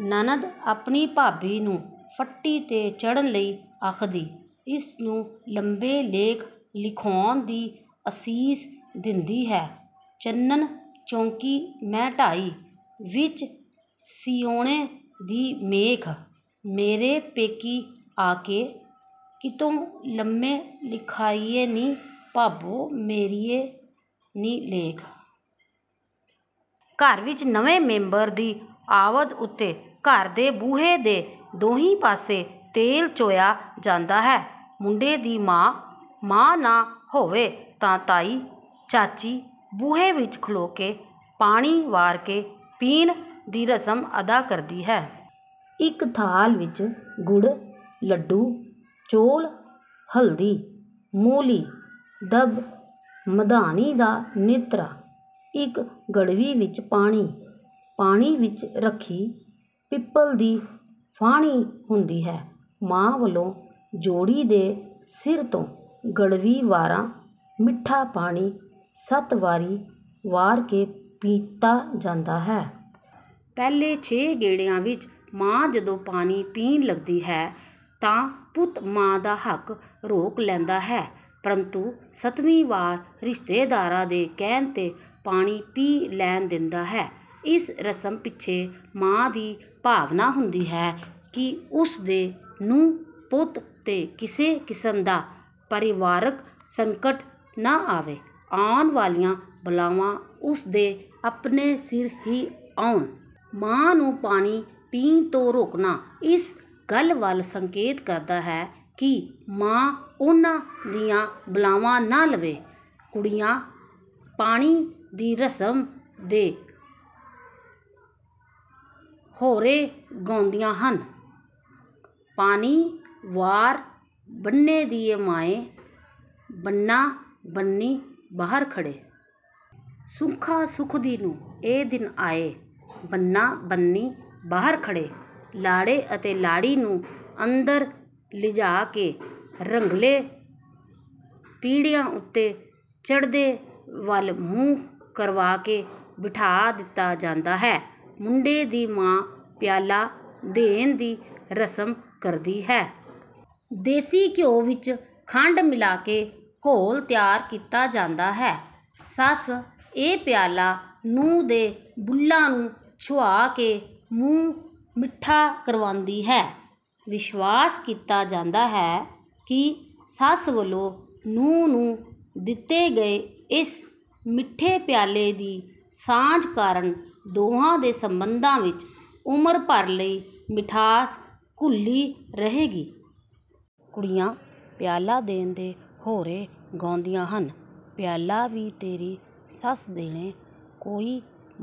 ਨਣਦ ਆਪਣੀ ਭਾਬੀ ਨੂੰ ਫੱਟੀ ਤੇ ਚੜ੍ਹਨ ਲਈ ਆਖਦੀ, ਉਸਨੂੰ ਲੰਮੇ ਲੇਖ ਲਿਖਾਉਣ ਦੀ ਅਸੀਸ ਦਿੰਦੀ ਹੈ: "ਚੰਨਣ ਚੌਕੀ ਮੈਂ ਡਾਈ, ਵਿੱਚ ਸਿਉਣੇ ਦੀ ਮੇਖ। ਮੇਰੇ ਪੇਕੀ ਆ ਕੇ, ਕਿਤੋਂ ਲੰਮੇ ਲਿਖਾਈਨੀ ਭਾਬੋ ਮੇਰੀਏ ਨੀ ਲੇਖ।" ਘਰ ਵਿੱਚ ਨਵੇਂ ਮੈਂਬਰ ਦੀ ਆਵਦ ਉੱਤੇ ਘਰ ਦੇ ਬੂਹੇ ਦੇ ਦੋਹੀਂ ਪਾਸੇ ਤੇਲ ਚੋਇਆ ਜਾਂਦਾ ਹੈ। ਮੁੰਡੇ ਦੀ ਮਾਂ, ਮਾਂ ਨਾ ਹੋਵੇ ਤਾਂ ਤਾਈ, ਚਾਚੀ, ਬੂਹੇ ਵਿੱਚ ਖਲੋ ਕੇ 'ਪਾਣੀ ਵਾਰ ਕੇ ਪੀਣ' ਦੀ ਰਸਮ ਅਦਾ ਕਰਦੀ ਹੈ। ਇੱਕ ਥਾਲ ਵਿੱਚ ਗੁੜ, ਲੱਡੂ, ਚੌਲ, ਹਲਦੀ, ਮੌਲੀ, ਦੱਬ, ਮਧਾਣੀ ਦਾ ਨੇਤਰਾ, ਇੱਕ ਗੜਵੀ ਵਿੱਚ ਪਾਣੀ, ਪਾਣੀ ਵਿੱਚ ਰੱਖੀ ਪਿੱਪਲ ਦੀ ਫਾਹਣੀ ਹੁੰਦੀ ਹੈ। ਮਾਂ ਵੱਲੋਂ ਜੋੜੀ ਦੇ ਸਿਰ ਤੋਂ ਗੜਵੀ ਵਾਰਾ ਮਿੱਠਾ ਪਾਣੀ ਸੱਤ ਵਾਰੀ ਵਾਰ ਕੇ ਪੀਤਾ ਜਾਂਦਾ ਹੈ। ਪਹਿਲੇ ਛੇ ਗੇੜਿਆਂ ਵਿੱਚ ਮਾਂ ਜਦੋਂ ਪਾਣੀ ਪੀਣ ਲੱਗਦੀ ਹੈ ਤਾਂ ਪੁੱਤ ਮਾਂ ਦਾ ਹੱਕ ਰੋਕ ਲੈਂਦਾ ਹੈ, ਪਰੰਤੂ ਸਤਵੀਂ ਵਾਰ ਰਿਸ਼ਤੇਦਾਰਾਂ ਦੇ ਕਹਿਣ ਤੇ ਪਾਣੀ ਪੀ ਲੈਣ ਦਿੰਦਾ ਹੈ। ਇਸ ਰਸਮ ਪਿੱਛੇ ਮਾਂ ਦੀ ਭਾਵਨਾ ਹੁੰਦੀ ਹੈ ਕਿ ਉਸ ਦੇ ਨੂੰਹ-ਪੁੱਤ ਤੇ ਕਿਸੇ ਕਿਸਮ ਦਾ ਪਰਿਵਾਰਕ ਸੰਕਟ ਨਾ ਆਵੇ, ਆਉਣ ਵਾਲੀਆਂ ਬਲਾਵਾਂ ਉਸ ਦੇ ਆਪਣੇ ਸਿਰ ਹੀ ਆਉਣ। ਮਾਂ ਨੂੰ ਪਾਣੀ ਪੀਣ ਤੋਂ ਰੋਕਣਾ ਇਸ ਗੱਲ ਵੱਲ ਸੰਕੇਤ ਕਰਦਾ ਹੈ ਕਿ ਮਾਂ ਉਨ੍ਹਾਂ ਦੀਆਂ ਬਲਾਵਾਂ ਨਾ ਲਏ। ਕੁੜੀਆਂ ਪਾਣੀ ਦੀ ਰਸਮ ਦੇ ਹੋਅਰੇ ਗਾਉਂਦੀਆਂ ਹਨ: "ਪਾਣੀ ਵਾਰ ਬੰਨੇ ਦੀਏ ਮਾਏ, ਬੰਨਾ-ਬੰਨੀ ਬਾਹਰ ਖੜ੍ਹੇ। ਸੁੱਖਾਂ ਸੁਖਦੀ ਨੂੰ ਇਹ ਦਿਨ ਆਏ, ਬੰਨਾ-ਬੰਨੀ ਬਾਹਰ ਖੜ੍ਹੇ।" ਲਾੜੇ ਅਤੇ ਲਾੜੀ ਨੂੰ ਅੰਦਰ ਲਿਜਾ ਕੇ ਰੰਗਲੇ ਪੀੜ੍ਹਿਆਂ ਉੱਤੇ ਚੜ੍ਹਦੇ ਵੱਲ ਮੂੰਹ ਕਰਵਾ ਕੇ ਬਿਠਾ ਦਿੱਤਾ ਜਾਂਦਾ ਹੈ। ਮੁੰਡੇ ਦੀ ਮਾਂ 'ਪਿਆਲਾ ਦੇਣ' ਦੀ ਰਸਮ ਕਰਦੀ ਹੈ। ਦੇਸੀ ਘਿਉ ਵਿੱਚ ਖੰਡ ਮਿਲਾ ਕੇ ਘੋਲ ਤਿਆਰ ਕੀਤਾ ਜਾਂਦਾ ਹੈ। ਸੱਸ, ਇਹ ਪਿਆਲਾ ਨੂੰਹ ਦੇ ਬੁੱਲ੍ਹਾਂ ਨੂੰ ਛੁਹਾ ਕੇ ਮੂੰਹ ਮਿੱਠਾ ਕਰਵਾਉਂਦੀ ਹੈ। ਵਿਸ਼ਵਾਸ ਕੀਤਾ ਜਾਂਦਾ ਹੈ ਕਿ ਸੱਸ ਵੱਲੋਂ ਨੂੰਹ ਨੂੰ ਦਿੱਤੇ ਗਏ ਇਸ ਮਿੱਠੇ ਪਿਆਲੇ ਦੀ ਸਾਂਝ ਕਾਰਨ ਦੋਹਾਂ ਦੇ ਸੰਬੰਧਾਂ ਵਿੱਚ ਉਮਰ ਭਰ ਲਈ ਮਿਠਾਸ ਘੁਲੀ ਰਹੇਗੀ। ਕੁੜੀਆਂ 'ਪਿਆਲਾ ਦੇਣ' ਦੇ ਹੋਅਰੇ ਗਾਉਂਦੀਆਂ ਹਨ: "ਪਿਆਲਾ ਵੀ ਤੇਰੀ ਸੱਸ ਦੇਣੇ, ਕੋਈ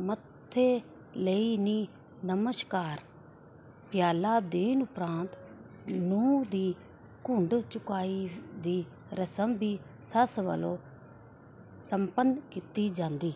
ਮੱਥੇ ਲਈ ਨੀ ਨਮਸ਼ਕਾਰ।" ਪਿਆਲਾ ਦੇਣ ਉਪਰੰਤ ਨੂੰਹ ਦੀ ਘੁੰਡ ਚੁਕਾਈ ਦੀ ਰਸਮ ਵੀ ਸੱਸ ਵੱਲੋਂ ਸੰਪੰਨ ਕੀਤੀ ਜਾਂਦੀ